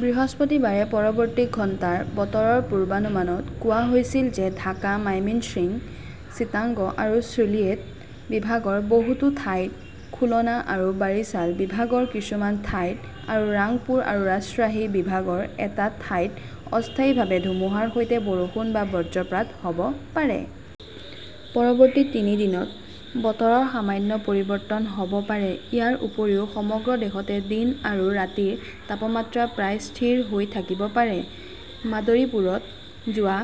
বৃহস্পতিবাৰে পৰৱৰ্তী ঘণ্টাৰ বতৰৰ পূৰ্বানুমানত কোৱা হৈছিল যে ঢাকা, মাইমশ্বিং, চিটাগং আৰু চিলিয়েট বিভাগৰ বহুতো ঠাইত, খুলনা আৰু বাৰিছাল বিভাগৰ কিছুমান ঠাইত আৰু ৰাংপুৰ আৰু ৰাজশ্বাহী বিভাগৰ এটা ঠাইত অস্থায়ীভাৱে ধুমুহাৰ সৈতে বৰষুণ বা বজ্ৰপাত হ'ব পাৰে। পৰৱৰ্তী তিনি দিনত বতৰৰ সামান্য পৰিৱৰ্তন হ'ব পাৰে। ইয়াৰ উপৰিও সমগ্ৰ দেশতে দিন আৰু ৰাতিৰ তাপমাত্ৰা প্ৰায় স্থিৰ হৈ থাকিব পাৰে। মাদৰিপুৰত যোৱা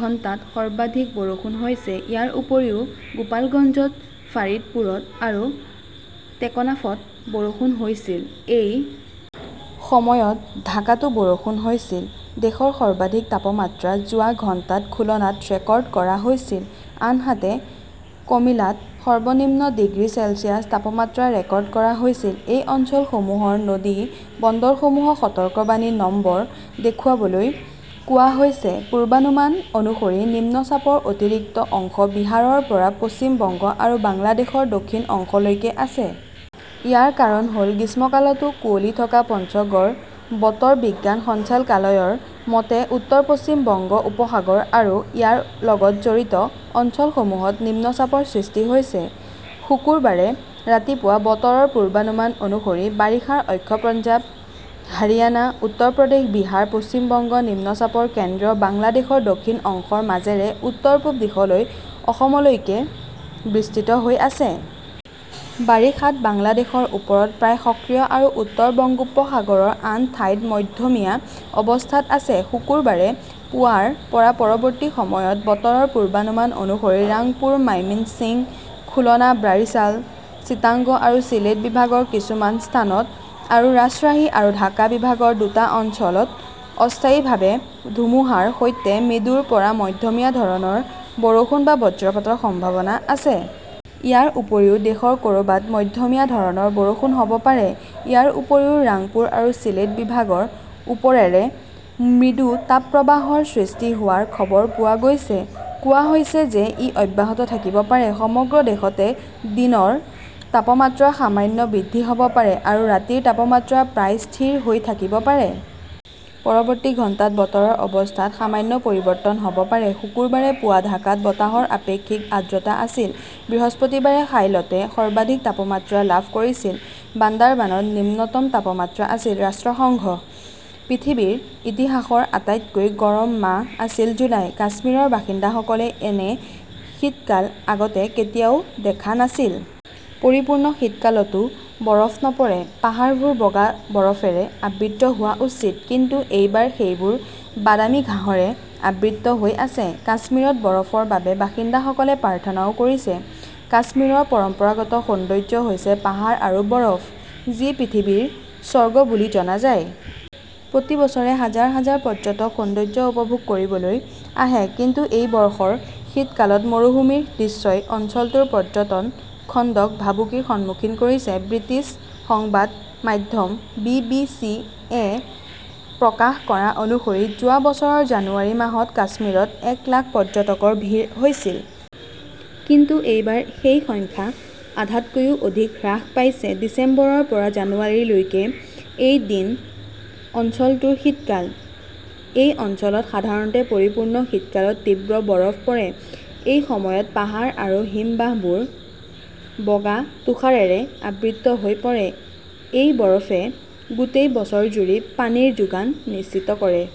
ঘণ্টাত সৰ্বাধিক বৰষুণ হৈছে। ইয়াৰ উপৰিও, গোপালগঞ্জত, ফাৰিদপুৰত আৰু টেকনাফত বৰষুণ হৈছিল। এই সময়ত ঢাকাতো বৰষুণ হৈছিল। দেশৰ সৰ্বাধিক তাপমাত্ৰা যোৱা ঘণ্টাত খুলনাত ৰেকৰ্ড কৰা হৈছিল। আনহাতে কমিলাত সৰ্বনিম্ন ডিগ্ৰী চেলছিয়াছ তাপমাত্ৰা ৰেকৰ্ড কৰা হৈছিল। এই অঞ্চলসমূহৰ নদী বন্দৰসমূহক সতৰ্কবাণী নম্বৰ দেখুৱাবলৈ কোৱা হৈছে। পূৰ্বানুমান অনুসৰি, নিম্নচাপৰ অতিৰিক্ত অংশ বিহাৰৰ পৰা পশ্চিম বংগ আৰু বাংলাদেশৰ দক্ষিণ অংশলৈকে আছে। ইয়াৰ কাৰণ হ'ল গ্ৰীষ্মকালতও কুঁৱলী থকা পঞ্চগড় বতৰ বিজ্ঞান সঞ্চালকালয়ৰ মতে, উত্তৰ-পশ্চিম বংগ উপসাগৰ আৰু ইয়াৰ লগত জড়িত অঞ্চলসমূহত নিম্নচাপৰ সৃষ্টি হৈছে। শুকুৰবাৰে ৰাতিপুৱা বতৰৰ পূৰ্বানুমান অনুসৰি, বাৰিষাৰ অক্ষ পঞ্জাৱ, হাৰিয়ানা, উত্তৰ প্ৰদেশ, বিহাৰ, পশ্চিমবংগ, নিম্নচাপৰ কেন্দ্ৰ, বাংলাদেশৰ দক্ষিণ অংশৰ মাজেৰে উত্তৰ-পূব দিশলৈ অসমলৈকে বিস্তৃত হৈ আছে। বাৰিষাত বাংলাদেশৰ ওপৰত প্ৰায় সক্ৰিয় আৰু উত্তৰ বংগোপসাগৰৰ আন ঠাইত মধ্যমীয়া অৱস্থাত আছে। শুকুৰবাৰে পুৱাৰ পৰা পৰৱৰ্তী সময়ত বতৰৰ পূৰ্বানুমান অনুসৰি, ৰাংপুৰ, মাইমিংছিং, খুলনা, বাৰিছাল, চিটাগং আৰু চিলেট বিভাগৰ কিছুমান স্থানত আৰু ৰাজশ্বাহী আৰু ঢাকা বিভাগৰ দুটা অঞ্চলত অস্থায়ীভাৱে ধুমুহাৰ সৈতে মৃদুৰ পৰা মধ্যমীয়া ধৰণৰ বৰষুণ বা বজ্ৰপাতৰ সম্ভাৱনা আছে। ইয়াৰ উপৰিও দেশৰ ক'ৰবাত মধ্যমীয়া ধৰণৰ বৰষুণ হ'ব পাৰে। ইয়াৰ উপৰিও ৰাংপুৰ আৰু চিলেট বিভাগৰ ওপৰেৰে মৃদু তাপপ্ৰবাহৰ সৃষ্টি হোৱাৰ খবৰ পোৱা গৈছে। কোৱা হৈছে যে ই অব্যাহত থাকিব পাৰে। সমগ্ৰ দেশতে দিনৰ তাপমাত্ৰা সামান্য বৃদ্ধি হ'ব পাৰে আৰু ৰাতিৰ তাপমাত্ৰা প্ৰায় স্থিৰ হৈ থাকিব পাৰে। পৰৱৰ্তী ঘণ্টাত বতৰৰ অৱস্থাত সামান্য পৰিৱৰ্তন হ'ব পাৰে। শুকুৰবাৰে পুৱা ঢাকাত বতাহৰ আপেক্ষিক আৰ্দ্ৰতা আছিল। বৃহস্পতিবাৰে সাইলটে সৰ্বাধিক তাপমাত্ৰা লাভ কৰিছিল। বান্দাৰবানত নিম্নতম তাপমাত্ৰা আছিল। ৰাষ্ট্ৰসংঘঃ পৃথিৱীৰ ইতিহাসৰ আটাইতকৈ গৰম মাহ আছিল জুলাই। কাশ্মীৰৰ বাসিন্দাসকলে এনে শীতকাল আগতে কেতিয়াও দেখা নাছিল। পৰিপূৰ্ণ শীতকালতও বৰফ নপৰে। পাহাৰবোৰ বগা বৰফেৰে আবৃত হোৱা উচিত, কিন্তু এইবাৰ সেইবোৰ বাদামী ঘাঁহৰে আবৃত হৈ আছে। কাশ্মীৰত বৰফৰ বাবে বাসিন্দাসকলে প্ৰাৰ্থনাও কৰিছে। কাশ্মীৰৰ পৰম্পৰাগত সৌন্দৰ্য্য হৈছে পাহাৰ আৰু বৰফ, যি পৃথিৱীৰ স্বৰ্গ বুলি জনা যায়। প্ৰতি বছৰে হাজাৰ হাজাৰ পৰ্যটক সৌন্দৰ্য্য উপভোগ কৰিবলৈ আহে। কিন্তু এই বৰ্ষৰ শীতকালত মৰুভূমিৰ দৃশ্যই অঞ্চলটোৰ পৰ্যটন খণ্ডক ভাবুকিৰ সন্মুখীন কৰিছে। ব্ৰিটিছ সংবাদ মাধ্যম বি. বি. চি. -য়ে প্ৰকাশ কৰা অনুসৰি যোৱা বছৰৰ জানুৱাৰী মাহত কাশ্মীৰত এক লাখ পৰ্যটকৰ ভিৰ হৈছিল। কিন্তু এইবাৰ সেই সংখ্যা আধাতকৈও অধিক হ্ৰাস পাইছে। ডিচেম্বৰৰ পৰা জানুৱাৰীলৈকে এই দিন অঞ্চলটোৰ শীতকাল। এই অঞ্চলত সাধাৰণতে পৰিপূৰ্ণ শীতকালত তীব্ৰ বৰফ পৰে। এই সময়ত পাহাৰ আৰু হিমবাহবোৰ বগা তুষাৰেৰে আবৃত হৈ পৰে। এই বৰফে গোটেই বছৰজুৰি পানীৰ যোগান নিশ্চিত কৰে।